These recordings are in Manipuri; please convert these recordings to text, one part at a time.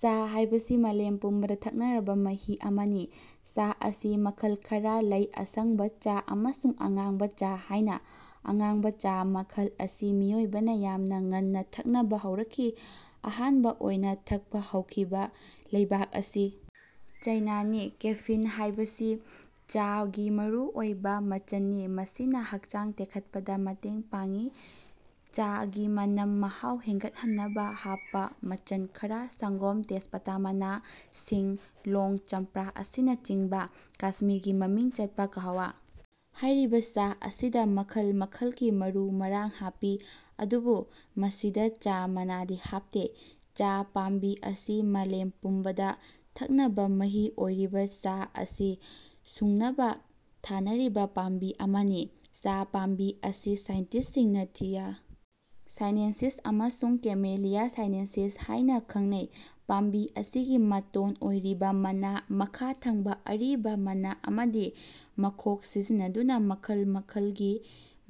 ꯆꯥ ꯍꯥꯏꯕꯁꯤ ꯃꯥꯂꯦꯝ ꯄꯨꯝꯕꯗ ꯊꯛꯅꯔꯕ ꯃꯍꯤ ꯑꯃꯅꯤ꯫ ꯆꯥ ꯑꯁꯤ ꯃꯈꯜ ꯈꯔꯥ ꯂꯩ ꯑꯁꯪꯕ ꯆꯥ ꯑꯃꯁꯨꯡ ꯑꯉꯥꯡꯕ ꯆꯥ ꯍꯥꯏꯅ꯫ ꯑꯉꯥꯡꯕ ꯆꯥ ꯃꯈꯜ ꯑꯁꯤ ꯃꯤꯑꯣꯏꯕꯅ ꯌꯥꯝꯅ ꯉꯟꯅ ꯊꯛꯅꯕ ꯍꯧꯔꯛꯈꯤ ꯑꯍꯥꯟꯕ ꯑꯣꯏꯅ ꯊꯛꯄ ꯍꯧꯈꯤꯕ ꯂꯩꯄꯥꯛ ꯑꯁꯤ ꯆꯥꯏꯅꯅꯤ꯫ ꯀꯦꯐꯤꯟ ꯍꯥꯏꯕꯁꯤ ꯆꯥ ꯒꯤ ꯃꯔꯨ ꯑꯣꯏꯕ ꯃꯆꯟꯅꯤ꯫ ꯃꯁꯤꯅ ꯍꯛꯆꯥꯡ ꯇꯦꯛꯈꯠꯄꯗ ꯃꯇꯦꯟ ꯄꯥꯡꯏ꯫ ꯆꯥ ꯒꯤ ꯃꯅꯝ ꯃꯍꯥꯎ ꯍꯦꯟꯒꯠꯍꯟꯅꯕ ꯍꯥꯞꯄ ꯃꯆꯟ ꯈꯔ ꯁꯪꯒꯣꯝ ꯇꯦꯖꯄꯇ ꯃꯅꯥ ꯁꯤꯡ ꯂꯣꯡ ꯆꯝꯄ꯭ꯔꯥ ꯑꯁꯤꯅ ꯆꯤꯡꯕ꯫ ꯀꯁꯃꯤꯔꯒꯤ ꯃꯃꯤꯡ ꯆꯠꯄ ꯀꯥꯍꯋꯥ ꯍꯥꯏꯔꯤꯕ ꯆꯥ ꯑꯁꯤꯗ ꯃꯈꯜ ꯃꯈꯜꯒꯤ ꯃꯔꯨ ꯃꯔꯥꯡ ꯍꯥꯞꯄꯤ ꯑꯗꯨꯕꯨ ꯃꯁꯤꯗ ꯆꯥ ꯃꯅꯥꯗꯤ ꯍꯥꯞꯇꯦ꯫ ꯆꯥ ꯄꯥꯝꯕꯤ ꯑꯁꯤ ꯃꯥꯂꯦꯝ ꯄꯨꯝꯕꯗ ꯊꯛꯅꯕ ꯃꯍꯤ ꯑꯣꯢꯔꯤꯕ ꯆꯥ ꯑꯁꯤ ꯁꯨꯡꯅꯕ ꯊꯥꯟꯅꯔꯤꯕ ꯄꯥꯝꯕꯤ ꯑꯃꯅꯤ꯫ ꯆꯥ ꯄꯥꯝꯕꯤ ꯑꯁꯤ ꯁꯥꯏꯟꯇꯤꯁ ꯁꯤꯡꯅ ꯊꯤꯌꯥ ꯁꯥꯏꯅꯦꯟꯁꯤꯁ ꯑꯃꯁꯨꯡ ꯀꯦꯃꯤꯂꯤꯌꯥ ꯁꯥꯏꯅꯦꯟꯁꯤꯁ ꯍꯥꯏꯅ ꯈꯪꯅꯩ꯫ ꯄꯥꯝꯕꯤ ꯑꯁꯤꯒꯤ ꯃꯇꯣꯟ ꯑꯣꯏꯔꯤꯕ ꯃꯅꯥ ꯃꯈꯥ ꯊꯪꯕ ꯑꯔꯤꯕ ꯃꯅꯥ ꯑꯃꯗꯤ ꯃꯈꯣꯛ ꯁꯤꯖꯤꯟꯅꯗꯨꯅ ꯃꯈꯜ ꯃꯈꯜ ꯒꯤ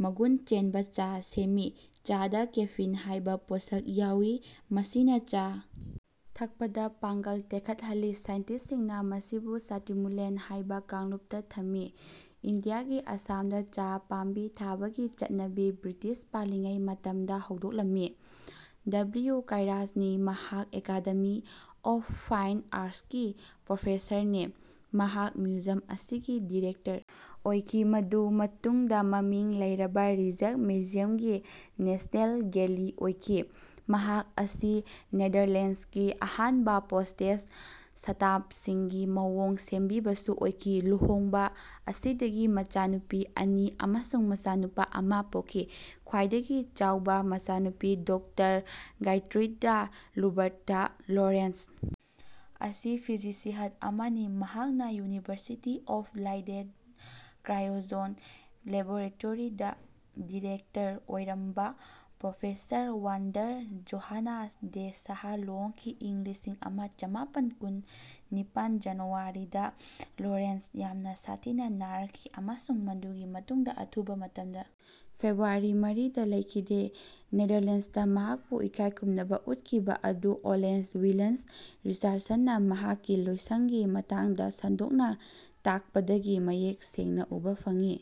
ꯃꯒꯨꯟ ꯆꯦꯟꯕ ꯆꯥ ꯁꯦꯝꯃꯤ꯫ ꯆꯥ ꯗ ꯀꯦꯐꯤꯟ ꯍꯥꯏꯕ ꯄꯣꯠꯁꯛ ꯌꯥꯎꯏ꯫ ꯃꯁꯤꯅ ꯆꯥ ꯊꯛꯄꯗ ꯄꯥꯡꯒꯜ ꯇꯦꯛꯈꯠꯍꯜꯂꯤ꯫ ꯁꯥꯏꯟꯇꯤꯁ ꯁꯤꯡꯅ ꯃꯁꯤꯕꯨ ꯁ꯭ꯇꯤꯃꯨꯂꯦꯟꯠ ꯍꯥꯏꯕ ꯀꯥꯡꯂꯨꯞꯇ ꯊꯝꯃꯤ꯫ ꯏꯟꯗꯤꯌꯥꯒꯤ ꯑꯁꯥꯝ ꯗ ꯆꯥ ꯄꯥꯝꯕꯤ ꯊꯥꯕꯒꯤ ꯆꯠꯅꯕꯤ ꯕ꯭ꯔꯤꯇꯤꯁ ꯄꯥꯟꯂꯤꯉꯩ ꯃꯇꯝꯗ ꯍꯧꯗꯣꯛꯂꯝꯃꯤ꯫ ꯗꯕꯜꯌꯨ ꯀꯥꯏꯁꯔꯅꯤ ꯃꯍꯥꯛ ꯑꯦꯀꯥꯗꯦꯃꯤ ꯑꯣꯐ ꯐꯥꯏꯟ ꯑꯥꯔꯠꯁꯀꯤ ꯄ꯭ꯔꯣꯐꯦꯁꯔꯅꯤ꯫ ꯃꯍꯥꯛ ꯃ꯭ꯌꯨꯖꯤꯌꯝ ꯑꯁꯤꯒꯤ ꯗꯤꯔꯦꯛꯇꯔ ꯑꯣꯏꯈꯤ ꯃꯗꯨ ꯃꯇꯨꯡꯗ ꯃꯃꯤꯡ ꯂꯩꯔꯕ ꯔꯤꯖꯛ꯭ꯁꯃ꯭ꯌꯨꯖꯤꯌꯝꯒꯤ ꯅꯦꯁ꯭ꯅꯦꯜ ꯒꯦꯜꯂꯤ ꯑꯣꯏꯈꯤ꯫ ꯃꯍꯥꯛ ꯑꯁꯤ ꯅꯦꯗꯔꯂꯦꯟ꯭ꯁꯀꯤ ꯑꯍꯥꯟꯕ ꯄꯣꯁ꯭ꯇꯦꯖ ꯁ꯭ꯇꯥꯝꯞꯁꯤꯡꯒꯤ ꯃꯑꯣꯡ ꯁꯦꯝꯕꯤꯕꯁꯨ ꯑꯣꯏꯈꯤ꯫ ꯂꯨꯍꯣꯡꯕ ꯑꯁꯤꯗꯒꯤ ꯃꯆꯥꯅꯨꯄꯤ ꯑꯅꯤ ꯑꯃꯁꯨꯡ ꯃꯆꯥꯅꯨꯄꯥ ꯑꯃ ꯄꯣꯛꯈꯤ꯫ ꯈ꯭ꯋꯥꯏꯗꯒꯤ ꯆꯥꯎꯕ ꯃꯆꯥꯅꯨꯄꯤ ꯗꯣꯛꯇꯔ ꯒꯤꯔꯇ꯭ꯔꯨꯏꯗꯥ ꯂꯨꯕꯔꯇꯥ ꯂꯣꯔꯦꯟꯠꯖ ꯑꯁꯤ ꯐꯤꯖꯤꯁꯤꯁꯠ ꯑꯃꯅꯤ꯫ ꯃꯍꯥꯛꯅ ꯌꯨꯅꯤꯚꯔꯁꯤꯇꯤ ꯑꯣꯐ ꯂꯥꯏꯗꯦꯟꯗ ꯀ꯭ꯔꯥꯏꯑꯣꯖꯦꯟꯛ ꯂꯦꯕꯣꯔꯇꯣꯔꯤꯗ ꯗꯤꯔꯦꯛꯇꯔ ꯑꯣꯏꯔꯝꯕ professor Wander Johannes de Haas ꯂꯨꯍꯣꯡꯈꯤ꯫ ꯏꯪ ꯂꯤꯁꯤꯡ ꯑꯃ ꯆꯃꯥꯄꯟ ꯀꯨꯟ ꯅꯤꯄꯥꯟ ꯖꯅꯨꯋꯥꯔꯤꯗ ꯂꯣꯔꯦꯟꯠꯖ ꯌꯥꯝꯅ ꯁꯥꯊꯤꯅ ꯅꯥꯔꯛꯈꯤ, ꯑꯃꯁꯨꯡ ꯃꯗꯨꯒꯤ ꯃꯇꯨꯡꯗ ꯑꯊꯨꯕ ꯃꯇꯝꯗ ꯐꯦꯕ꯭ꯔꯨꯋꯥꯔꯤ ꯃꯔꯤꯗ ꯂꯩꯈꯤꯗꯦ꯫ ꯅꯦꯗꯔꯂꯦꯟꯁꯇ ꯃꯍꯥꯛꯄꯨ ꯏꯀꯥꯏꯈꯨꯝꯅꯕ ꯎꯠꯈꯤꯕ ꯑꯗꯨ ꯑꯣꯋꯦꯟ ꯋꯤꯂꯟ꯭ꯁ ꯔꯤꯆꯥꯔꯗꯁꯟꯅ ꯃꯍꯥꯛꯀꯤ ꯂꯣꯏꯁꯡꯒꯤ ꯃꯇꯥꯡꯗ ꯁꯟꯗꯣꯛꯅ ꯇꯥꯛꯄꯗꯒꯤ ꯃꯌꯦꯛ ꯁꯦꯡꯅ ꯎꯕ ꯐꯪꯉꯤ꯫